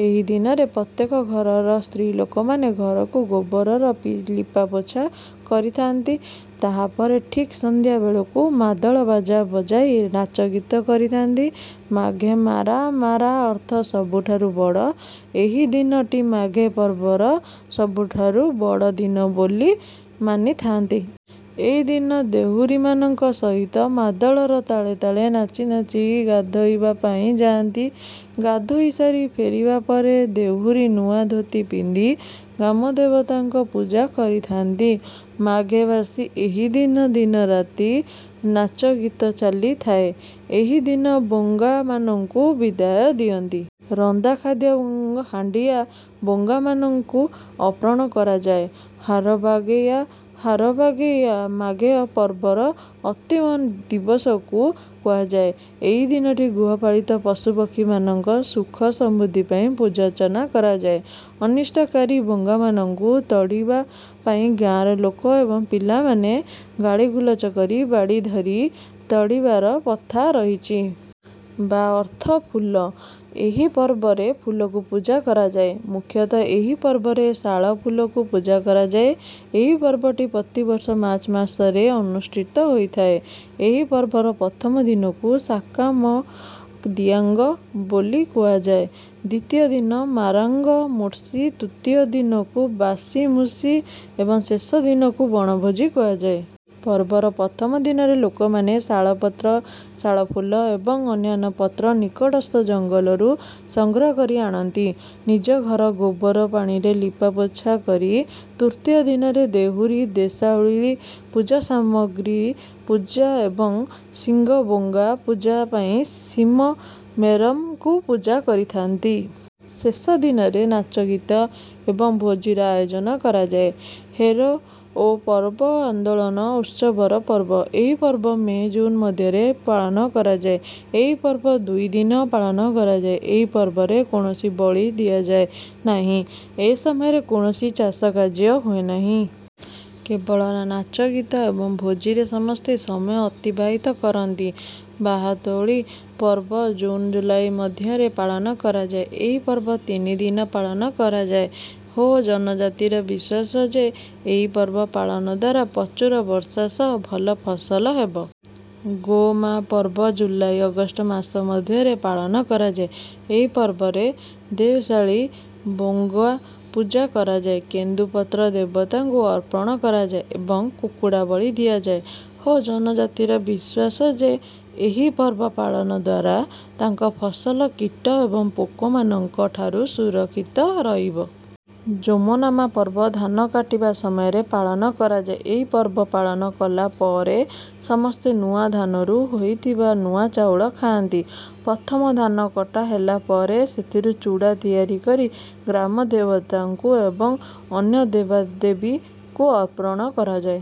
ଏହି ଦିନରେ ପ୍ରତ୍ୟେକ ଘରର ସ୍ତ୍ରୀଲୋକମାନେ ଘରକୁ ଗୋବରରେ ଲିପାପୋଛା କରିଥାନ୍ତି। ତାହା ପରେ ଠିକ ସନ୍ଧ୍ୟା ବେଳକୁ ମାଦଳ ବାଜା ବଜାଇ ନାଚଗୀତ କରିଥାନ୍ତି। ମାଘେ ମାରାଁ ମାରାଁ ଅର୍ଥ ସବୁଠାରୁ ବଡ଼। ଏହି ଦିନଟି ମାଘେ ପର୍ବର ସବୁଠାରୁ ବଡ଼ ଦିନ ବୋଲି ମାନିଥାନ୍ତି। ଏହି ଦିନ ଦେହୁରୀମାନଙ୍କ ସହିତ ମାଦଳର ତାଳେ ତାଳେ ନାଚି ନାଚି ଗାଧୋଇବା ପାଇଁ ଯାଆନ୍ତି। ଗାଧୋଇ ସାରି ଫେରିବା ପରେ ଦେହୁରୀ ନୂଆ ଧୋତି ପିନ୍ଧି ଗ୍ରାମଦେବତାଙ୍କ ପୂଜା କରିଥାନ୍ତି। ମାଘେ ବାସୀ ଏହି ଦିନ ଦିନରାତି ନାଚଗୀତ ଚାଲିଥାଏ। ଏହି ଦିନ ବୋଙ୍ଗାମାନଙ୍କୁ ବିଦାୟ ଦିଅନ୍ତି। ରନ୍ଧା ଖାଦ୍ୟ ଏବଂ ହାଣ୍ଡିଆ ବୋଙ୍ଗାମାନଙ୍କୁ ଅର୍ପଣ କରାଯାଏ। ହାରବାଗେୟା ହାରବାଗେୟା ମାଘେ ପର୍ବର ଅନ୍ତିମ ଦିବସକୁ କୁହାଯାଏ। ଏହି ଦିନଟି ଗୃହପାଳିତ ପଶୁପକ୍ଷୀମାନଙ୍କ ସୁଖ ସମୃଦ୍ଧି ପାଇଁ ପୂଜାର୍ଚ୍ଚନା କରାଯାଏ। ଅନିଷ୍ଟକାରୀ ବୋଙ୍ଗାମାନଙ୍କୁ ତଡ଼ିବା ପାଇଁ ଗାଁର ଲୋକ ଏବଂ ପିଲାମାନେ ଗାଳିଗୁଲଜ କରି ବାଡ଼ି ଧରି ତଡ଼ିବାର ପ୍ରଥା ରହିଛି। ବା ଅର୍ଥ ଫୁଲ। ଏହି ପର୍ବରେ ଫୁଲକୁ ପୂଜା କରାଯାଏ। ମୁଖ୍ୟତଃ ଏହି ପର୍ବରେ ଶାଳ ଫୁଲକୁ ପୂଜା କରାଯାଏ। ଏହି ପର୍ବଟି ପ୍ରତି ବର୍ଷ ମାର୍ଚ୍ଚ ମାସରେ ଅନୁଷ୍ଠିତ ହୋଇଥାଏ। ଏହି ପର୍ବର ପ୍ରଥମ ଦିନକୁ ସାକାମ ଦିଆଙ୍ଗ ବୋଲି କୁହାଯାଏ ଦ୍ୱିତୀୟ ଦିନକୁ ମାରାଙ୍ଗ ମୁସିଂ ତୃତୀୟ ଦିନକୁ ବାସି ମୁସିଂ ଏବଂ ଶେଷ ଦିନକୁ ବଣଭୋଜି କୁହାଯାଏ। ପର୍ବର ପ୍ରଥମ ଦିନରେ ଲୋକମାନେ ଶାଳ ପତ୍ର ଶାଳ ଫୁଲ ଏବଂ ଅନ୍ୟାନ୍ୟ ପତ୍ର ନିକଟସ୍ଥ ଜଙ୍ଗଲରୁ ସଂଗ୍ରହ କରି ଆଣନ୍ତି ନିଜ ଘର ଗୋବର ପାଣିରେ ଲିପାପୋଛା କରି। ତୃତୀୟ ଦିନରେ ଦେହୁରୀ ଦେଶାଉଳୀ ପୂଜା ଗ୍ରାମସିରୀ ପୂଜା ଏବଂ ସିଙ୍ଗବୋଙ୍ଗା ପୂଜା ପାଇଁ ସିମ ମେରମଙ୍କୁ ପୂଜା କରିଥାନ୍ତି। ଶେଷ ଦିନରେ ନାଚଗୀତ ଏବଂ ଭୋଜିର ଆୟୋଜନ କରାଯାଏ। ହେରୋଓ ପର୍ବ ଆନନ୍ଦ ଉତ୍ସବର ପର୍ବ। ଏହି ପର୍ବ ମେ ଜୁନ ମଧ୍ୟରେ ପାଳନ କରାଯାଏ। ଏହି ପର୍ବ ଦୁଇ ଦିନ ପାଳନ କରାଯାଏ। ଏହି ପର୍ବରେ କୌଣସି ବଳି ଦିଆଯାଏ ନାହିଁ। ଏ ସମୟରେ କୌଣସି ଚାଷ କାର୍ଯ୍ୟ ହୁଏ ନାହିଁ। କେବଳ ନାଚଗୀତ ଏବଂ ଭୋଜିରେ ସମସ୍ତେ ସମୟ ଅତିବାହିତ କରନ୍ତି। ବାହାତୌଳି ପର୍ବ ଜୁନ ଜୁଲାଇ ମଧ୍ୟରେ ପାଳନ କରାଯାଏ। ଏହି ପର୍ବ ତିନି ଦିନ ପାଳନ କରାଯାଏ। ହୋ ଜନଜାତିର ବିଶ୍ୱାସ ଯେ ଏହି ପର୍ବ ପାଳନ ଦ୍ୱାରା ପ୍ରଚୁର ବର୍ଷା ସହ ଭଲ ଫସଲ ହେବ। ଗୋମା ପର୍ବ ଜୁଲାଇ ଅଗଷ୍ଟ ମାସ ମଧ୍ୟରେ ପାଳନ କରାଯାଏ। ଏହି ପର୍ବରେ ଦେସୌଳୀ ବୋଙ୍ଗା ପୂଜା କରାଯାଏ। କେନ୍ଦୁ ପତ୍ର ଦେବତାଙ୍କୁ ଅର୍ପଣ କରାଯାଏ ଏବଂ କୁକୁଡ଼ା ବଳି ଦିଆଯାଏ। ହୋ ଜନଜାତିର ବିଶ୍ୱାସ ଯେ ଏହି ପର୍ବ ପାଳନ ଦ୍ୱାରା ତାଙ୍କ ଫସଲ କୀଟ ଏବଂ ପୋକମାନଙ୍କ ଠାରୁ ସୁରକ୍ଷିତ ରହିବ। ଜୋମନାମା ପର୍ବ ଧାନ କାଟିବା ସମୟରେ ପାଳନ କରାଯାଏ। ଏହି ପର୍ବ ପାଳନ କଲା ପରେ ସମସ୍ତେ ନୂଆ ଧାନରୁ ହୋଇଥିବା ନୂଆ ଚାଉଳ ଖାଆନ୍ତି। ପ୍ରଥମ ଧାନ କଟା ହେଲା ପରେ ସେଥିରୁ ଚୂଡ଼ା ତିଆରି କରି ଗ୍ରାମଦେବତାଙ୍କୁ ଏବଂ ଅନ୍ୟ ଦେବଦେବୀଙ୍କୁ ଅର୍ପଣ କରାଯାଏ।